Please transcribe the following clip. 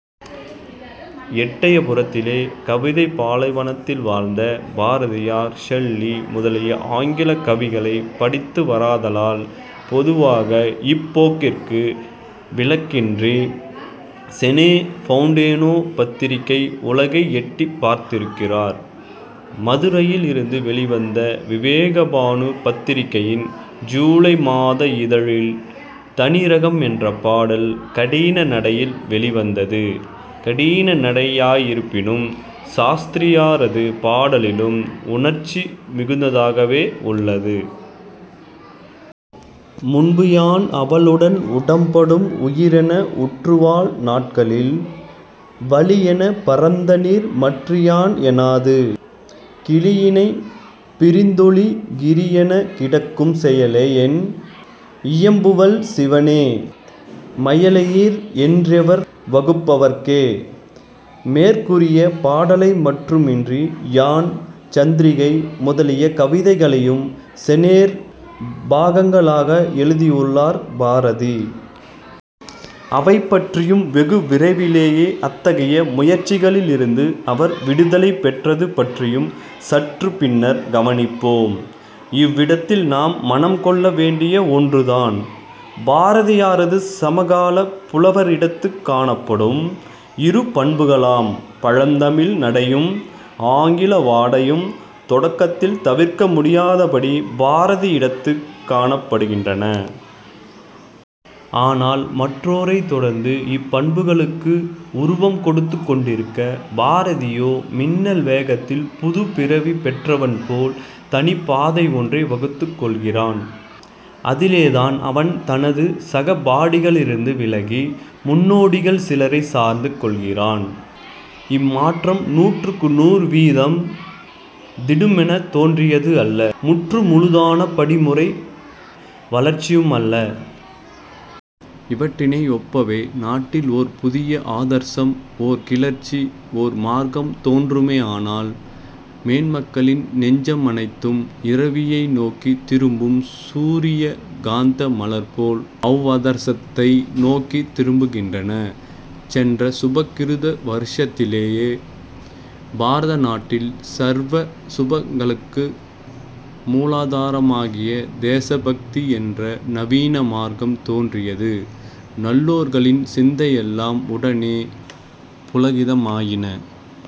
எட்டயபுரத்திலே கவிதைப் பாலைவனத்தில் வாழ்ந்த பாரதியார் ஷெல்லி முதலிய ஆங்கிலக் கவிகளைப் படித்தவராதலால், பொதுவான இப்போக்கிற்கு விலக்கின்றிச் 'சனேற்' பாவுடனேயே பத்திரிகை உலகை எட்டிப் பார்த்திருக்கிறார். மதுரையிலிருந்து வௌிவந்த "விவேகபானு" பத்திரிகையின் ஜூலை மாத இதழில் தனியிரக்கம் என்ற பாடல் கடினநடையில் வௌிவந்தது, கடின நடையாயிருப்பினும் சாஸ்திரிரியாரது பாடலிலும் உணர்ச்சி மிகுந்ததாகவே உள்ளது. முன் பூயான் அவளுடன் உடம்பொடும் உயிரென உற்று வாழ் நாட்களில் வளியென பறந்தநீர் மற்றியான் எனாது கிளியினைப் பிரிந்துழிக் கிரியெனக் கிடக்கும் செயலையென் இயம்புவல் சிவனே மயலையிற் றென்றெவர் வகுப்பரங் கவட்கே. " மேற்கூறிய பாடலை மட்டுமன்றி யான், சந்திரிகை முதலிய கவிதைகளையும் சொனேற் பாக்களாக எழுதியுள்ளார் பாரதி. அவை பற்றியும் வெகு விரைவிலேயே அத்தகைய முயற்சிகளிலிருந்து அவர் 'விடுதலை' பெற்றது பற்றியும் சற்றுப் பின்னர் கவனிப்போம். இவ்விடத்தில் நாம் மனங்கொள்ள வேண்டியது ஒன்று தான். பாரதியாரது சமகாலப் புலவரிடத்துக் காணப்படும் இரு பண்புகளாம் பழந்தமிழ் நடையும், ஆங்கில வாடையும் தொடக்கத்தில் தவிர்க்க முடியாதபடி பாரதியிடத்துங் காணப்படுகின்றன. ஆனால் மற்றையோர் தொடர்ந்து அப்பண்புகளுக்கு உருவங்கொடுத்துக் கொண்டிருக்க, பாரதியோ மின்னல் வேகத்தில் புதுப்பிறவி பெற்றவன் போல் தனிப்பாதையொன்றை வகுத்துக் கொள்கிறான். இதிலேதான் அவன் தனது சகபாடிகளிலிருந்து விலகி, முன்னோடிகள் சிலரைச் சார்ந்து கொள்கின்றான். இம்மாற்றம் நூற்றுக்கு நூறு வீதம் திடுமெனத் தோன்றியது அல்ல; முற்று முழுதானபடிமுறை வளர்ச்சியுமல்ல. இவற்றினை யொப்பவே, நாட்டில் ஓர் புதிய ஆதர்சம்-ஒர் கிளர்ச்சி-ஓர் மார்க்கம் தோன்றுமேயானால் மேன்மக்களின் நெஞ்ச மனைத்தும் இரவியை நோக்கித் திரும்பும் சூரிய காந்த மலர்போல அவ்வாதர்சத்தை நோக்கித் திரும்புகின்றன. சென்ற சுபகிருது வருஷத்திலே பாரத நாட்டில் சர்வ சுபங்களுக்கும் மூலாதாரமாகிய "தேசபக்தி" என்ற நவீன மார்க்கம் தோன்றியது, நல்லோர்களின் சிந்தையெல்லாம் உடனே புளகிதமாயின.